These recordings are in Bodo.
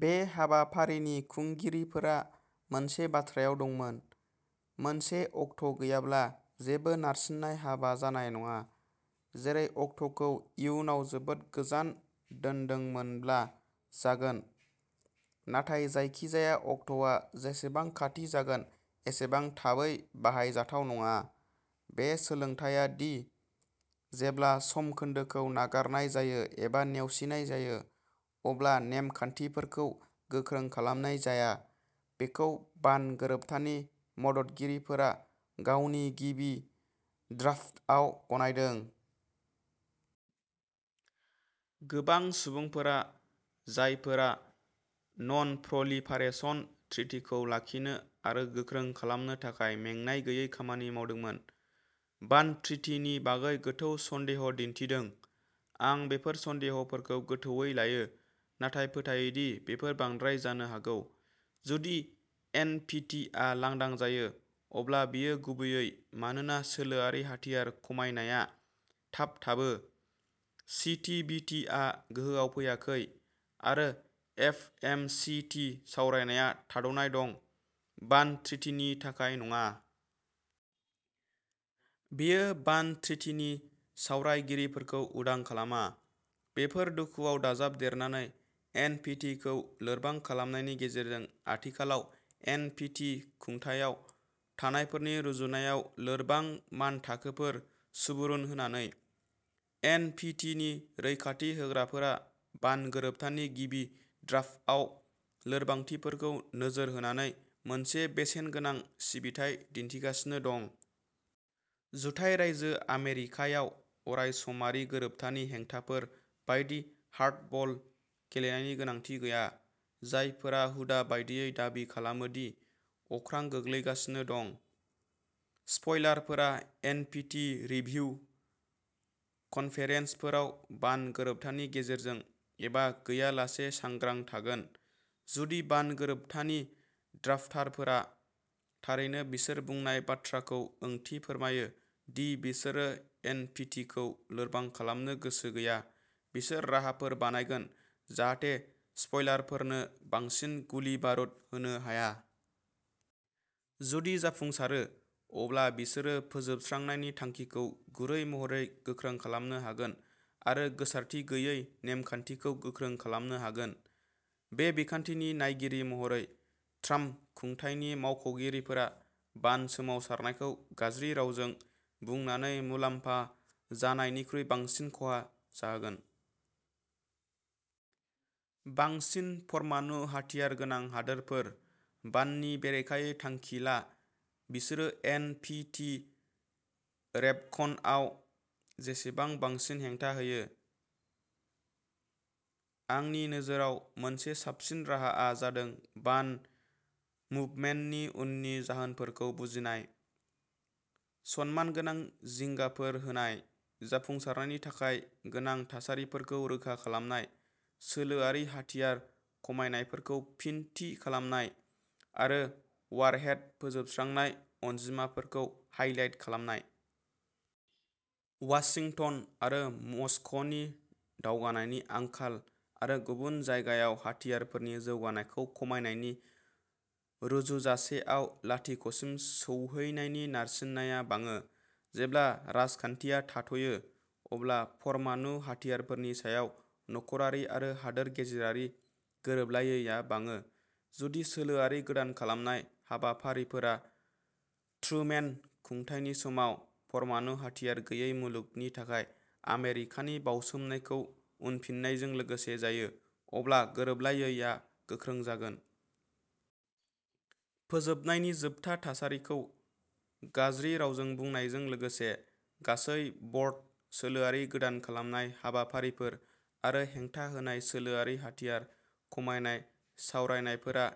बे हाबाफारिनि खुंगिरिफोरा मोनसे बाथ्रायाव दंमोनः मोनसे अक्ट'गैयाब्ला, जेबो नारसिननाय हाबा जानाय नङा, जेरै अक्ट'खौ इयुनाव जोबोद गोजान दोन्दोंमोनब्ला जागोन। नाथाय जायखिजाया अक्ट'आ जेसेबां खाथि जागोन एसेबां थाबै बाहायजाथाव नङा। बे सोलोंथाया दि जेब्ला समखोन्दोखौ नागारनाय जायो एबा नेवसिनाय जायो अब्ला नेमखान्थिफोरखौ गोख्रों खालामनाय जाया, बेखौ बान गोरोबथानि मददगिरिफोरा गावनि गिबि ड्राफ्टआव गनायदों। गोबां सुबुंफोरा जायफोरा ननप्रलिफारेशन ट्रिटीखौ लाखिनो आरो गोख्रों खालामनो थाखाय मेंनाय गैयै खामानि मावदोंमोन, बान ट्रिटीनि बागै गोथौ सन्देह'दिन्थिदों। आं बेफोर सन्देह'फोरखौ गोथौवै लायो, नाथाय फोथायो दि बेफोर बांद्राय जानो हागौ। जुदि एनपीटीआ लांदां जायो, अब्ला बेयो गुबैयै मानोना सोलोआरि हाथियार खमायनाया थाबथाबो, सीटीबीटीआ गोहोआव फैयाखै, आरो एफएमसीटी सावरायनाया थाद'नाय दं-बान ट्रिटीनि थाखाय नङा। बेयो बान ट्रिटीनि सावरायगिरिफोरखौ उदां खालामा। बेफोर दुखुआव दाजाबदेरनानै एनपिटिखौ लोरबां खालामनायनि गेजेरजों आथिखालाव एनपिटि खुंथायाव थानायफोरनि रुजुनायाव लोरबां मानथाखोफोर सुबुरुन होनानै। एनपिटिनि रैखाथि होग्राफोरा बान गोरोबथानि गिबि ड्राफ्टआव लोरबांथिफोरखौ नोजोर होनानै मोनसे बेसेनगोनां सिबिथाइ दिन्थिगासिनो दं। जुथाइ रायजो आमेरिकायाव अरायसमारि गोरोबथानि हेंथाफोर बायदि हार्डबल गेलेनायनि गोनांथि गैया, जायफोरा हुदा बायदियै दाबि खालामो दि अख्रां गोग्लैगासिनो दं। स्पइलारफोरा एनपिटि रिभिउ कन्फेरेन्सफोराव बान गोरोबथानि गेजेरजों एबा गैयालासे सांग्रां थागोन। जुदि बान गोरोबथानि ड्राफ्टारफोरा थारैनो बिसोर बुंनाय बाथ्राखौ ओंथि फोरमायो-दि बिसोरो एनपिटिखौ लोरबां खालामनो गोसो गैया-बिसोर राहाफोर बानायगोन जाहाथे स्पइलारफोरनो बांसिन गुलि-बारुद होनो हाया। जुदि जाफुंसारो, अब्ला बिसोरो फोजोबस्रांनायनि थांखिखौ गुरै महरै गोख्रों खालामनो हागोन आरो गोसारथि गैयै नेमखान्थिखौ गोख्रों खालामनो हागोन। बे बिखान्थिनि नायगिरि महरै, ट्राम्प खुंथायनि मावख'गिरिफोरा बान सोमावसारनायखौ गाज्रि रावजों बुंनानै मुलाम्फा जानायनिख्रुइ बांसिन खहा जागोन। बांसिन परमाणु-हाथियार गोनां हादोरफोर। बाननि बेरेखायै थांखि ला, बिसोरो एन. पि. टि. रेभकनआव जेसेबां बांसिन हेंथा होयो। आंनि नोजोराव, मोनसे साबसिन राहाआ जादों बान मुभमेन्टनि उननि जाहोनफोरखौ बुजिनाय, सनमानगोनां जिंगाफोर होनाय, जाफुंसारनायनि थाखाय गोनां थासारिफोरखौ रोखा खालामनाय, सोलोआरि-हाथियार खमायनायफोरखौ फिन थि खालामनाय, आरो वारहेड फोजोबस्रांनाय अनजिमाफोरखौ हाइलाइट खालामनाय। वाशिंटन आरो मस्क'नि दावगानायनि आंखाल आरो गुबुन जायगायाव हाथियारफोरनि जौगानायखौ खमायनायनि रुजुजासेआव लाथिख'सिम सौहैनायनि नारसिननाया बाङो। जेब्ला राजखानथिआ थाथ'यो, अब्ला परमाणु हाथियारफोरनि सायाव नखरारि आरो हादोर गेजेरारि गोरोबलायैया बाङो। जुदि सोलोआरि गोदान खालामनाय हाबाफारिफोरा ट्रुमेन खुंथायनि समाव परमाणु हाथियार गैयै मुलुगनि थाखाय आमेरिकानि बाउसोमनायखौ उनफिननायजों लोगोसे जायो, अब्ला गोरोबलायैया गोख्रों जागोन। फोजोबनायनि जोबथा थासारिखौ गाज्रि रावजों बुंनायजों लोगोसे गासै-बर्ड सोलोआरि गोदान खालामनाय हाबाफारिफोर आरो हेंथाहोनाय सोलोआरि हाथियार खमायनाय सावरायनायफोरा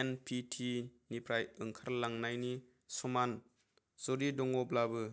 एन. पि. टि. निफ्राय ओंखारलांनायनि समान-जुदि दङब्लाबो।